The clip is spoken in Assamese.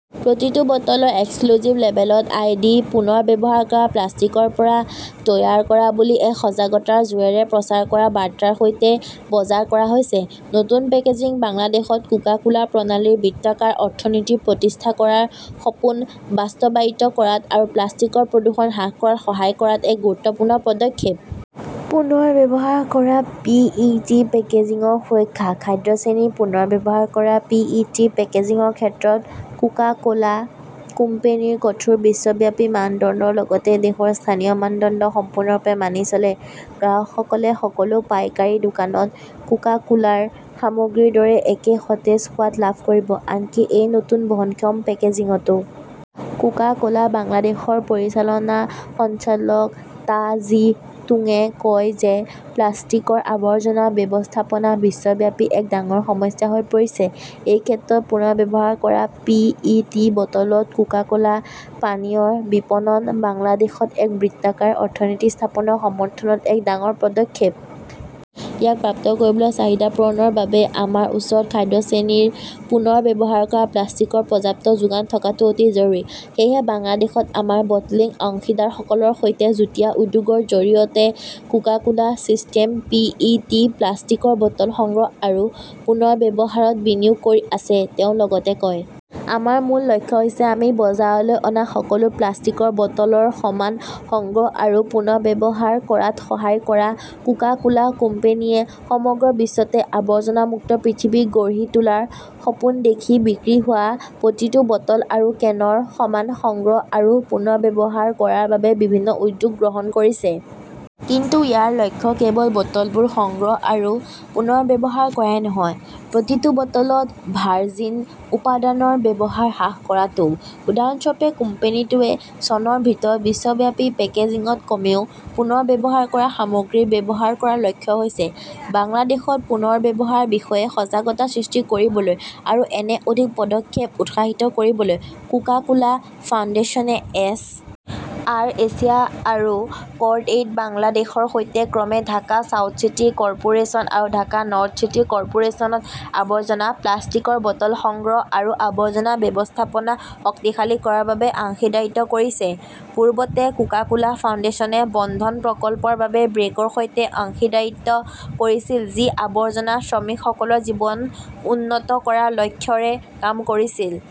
প্ৰতিটো বটলৰ এক্স্ক্লুসিভ্ লেবেলত আই. ডি. পুনৰ্ব্যৱহাৰ কৰা প্লাষ্টিকৰ পৰা তৈয়াৰ কৰা বুলি এক সজাগতাৰ জোৰেৰে প্ৰচাৰ কৰা বাৰ্তাৰ সৈতে বজাৰ কৰা হৈছে। নতুন পেকেজিং বাংলাদেশত কোকা-কোলা প্ৰণালীৰ বৃত্তাকাৰ অৰ্থনীতি প্ৰতিষ্ঠা কৰাৰ সপোন বাস্তৱায়িত কৰাত আৰু প্লাষ্টিকৰ প্ৰদূষণ হ্ৰাস কৰাত সহায় কৰাত এক গুৰুত্বপূৰ্ণ পদক্ষেপ। পুনৰ্ব্যৱহাৰ কৰা পি. ই. টি. পেকেজিংৰ সুৰক্ষা, খাদ্য-শ্ৰেণীৰ পুনৰ্ব্যৱহাৰ কৰা পি. ই. টি. পেকেজিংৰ ক্ষেত্ৰত কোকা-কোলা কোম্পানীৰ কঠোৰ বিশ্বব্যাপী মানদণ্ডৰ লগতে দেশৰ স্থানীয় মানদণ্ড সম্পূৰ্ণৰূপে মানি চলে। গ্ৰাহকসকলে সকলো পাইকাৰী দোকানত কোকা-কোলাৰ সামগ্ৰীৰ দৰে একে সতেজ সোৱাদ লাভ কৰিব, আনকি এই নতুন বহনক্ষম পেকেজিংতো। কোকা-কোলা বাংলাদেশৰ পৰিচালনা সঞ্চালক টা জি টুংয়ে কয় যে, প্লাষ্টিকৰ আৱৰ্জনা ব্যৱস্থাপনা বিশ্বব্যাপী এক ডাঙৰ সমস্যা হৈ পৰিছে। এই ক্ষেত্ৰত পুনৰ্ব্যৱহাৰ কৰা পি. ই. টি. বটলত কোকা-কোলা পানীয়ৰ বিপণন বাংলাদেশত এক বৃত্তাকাৰ অৰ্থনীতি স্থাপনৰ সমৰ্থনত এক ডাঙৰ পদক্ষেপ। ইয়াক প্ৰাপ্ত কৰিবলৈ, চাহিদা পূৰণৰ বাবে আমাৰ ওচৰত খাদ্য-শ্ৰেণীৰ পুনৰ্ব্যৱহাৰ কৰা প্লাষ্টিকৰ পৰ্যাপ্ত যোগান থকাটো অতি জৰুৰী। সেয়েহে বাংলাদেশত আমাৰ বটলিং অংশীদাৰসকলৰ সৈতে যুটীয়া উদ্যোগৰ জৰিয়তে Coca Cola system P. E. T. প্লাষ্টিকৰ বটল সংগ্ৰহ আৰু পুনৰ্ব্যৱহাৰত বিনিয়োগ কৰি আছে, তেওঁ লগতে কয়। আমাৰ মূল লক্ষ্য হৈছে আমি বজাৰলৈ অনা সকলো প্লাষ্টিকৰ বটলৰ সমান সংগ্ৰহ আৰু পুনৰ্ব্যৱহাৰ কৰাত সহায় কৰা কোকা-কোলা কোম্পানীয়ে সমগ্ৰ বিশ্বতে 'আৱৰ্জনামুক্ত পৃথিৱী' গঢ়ি তোলাৰ সপোন দেখি বিক্ৰী হোৱা প্ৰতিটো বটল আৰু কেনৰ সমান সংগ্ৰহ আৰু পুনৰ্ব্যৱহাৰ কৰাৰ বাবে বিভিন্ন উদ্যোগ গ্ৰহণ কৰিছে। কিন্তু ইয়াৰ লক্ষ্য কেৱল বটলবোৰ সংগ্ৰহ আৰু পুনৰ্ব্যৱহাৰ কৰাই নহয়, প্ৰতিটো বটলত ভাৰ্জিন উপাদানৰ ব্যৱহাৰ হ্ৰাস কৰাটোও। উদাহৰণস্বৰূপে, কোম্পানীটোৱে চনৰ ভিতৰত বিশ্বব্যাপী পেকেজিংত কমেও পুনৰ্ব্যৱহাৰ কৰা সামগ্ৰী ব্যৱহাৰ কৰাৰ লক্ষ্য লৈছে। বাংলাদেশত পুনৰ্ব্যৱহাৰ বিষয়ে সজাগতা সৃষ্টি কৰিবলৈ আৰু এনে অধিক পদক্ষেপ উৎসাহিত কৰিবলৈ কোকা-কোলা ফাউণ্ডেশ্যনে এছ. আৰ. এছিয়া আৰু কৰ্ডএইড বাংলাদেশৰ সৈতে ক্ৰমে ঢাকা চাউথ চিটি কৰ্পোৰেচন আৰু ঢাকা নৰ্থ চিটি কৰ্পোৰেছনত আৱৰ্জনা প্লাষ্টিকৰ বটল সংগ্ৰহ আৰু আৱৰ্জনা ব্যৱস্থাপনা শক্তিশালী কৰাৰ বাবে অংশীদাৰীত্ব কৰিছে। পূৰ্বতে, কোকা-কোলা ফাউণ্ডেশ্যনে বন্ধন প্ৰকল্পৰ বাবে ব্ৰেকৰ সৈতে অংশীদাৰীত্ব কৰিছিল, যি আৱৰ্জনা শ্ৰমিকসকলৰ জীৱন উন্নত কৰাৰ লক্ষ্যৰে কাম কৰিছিল।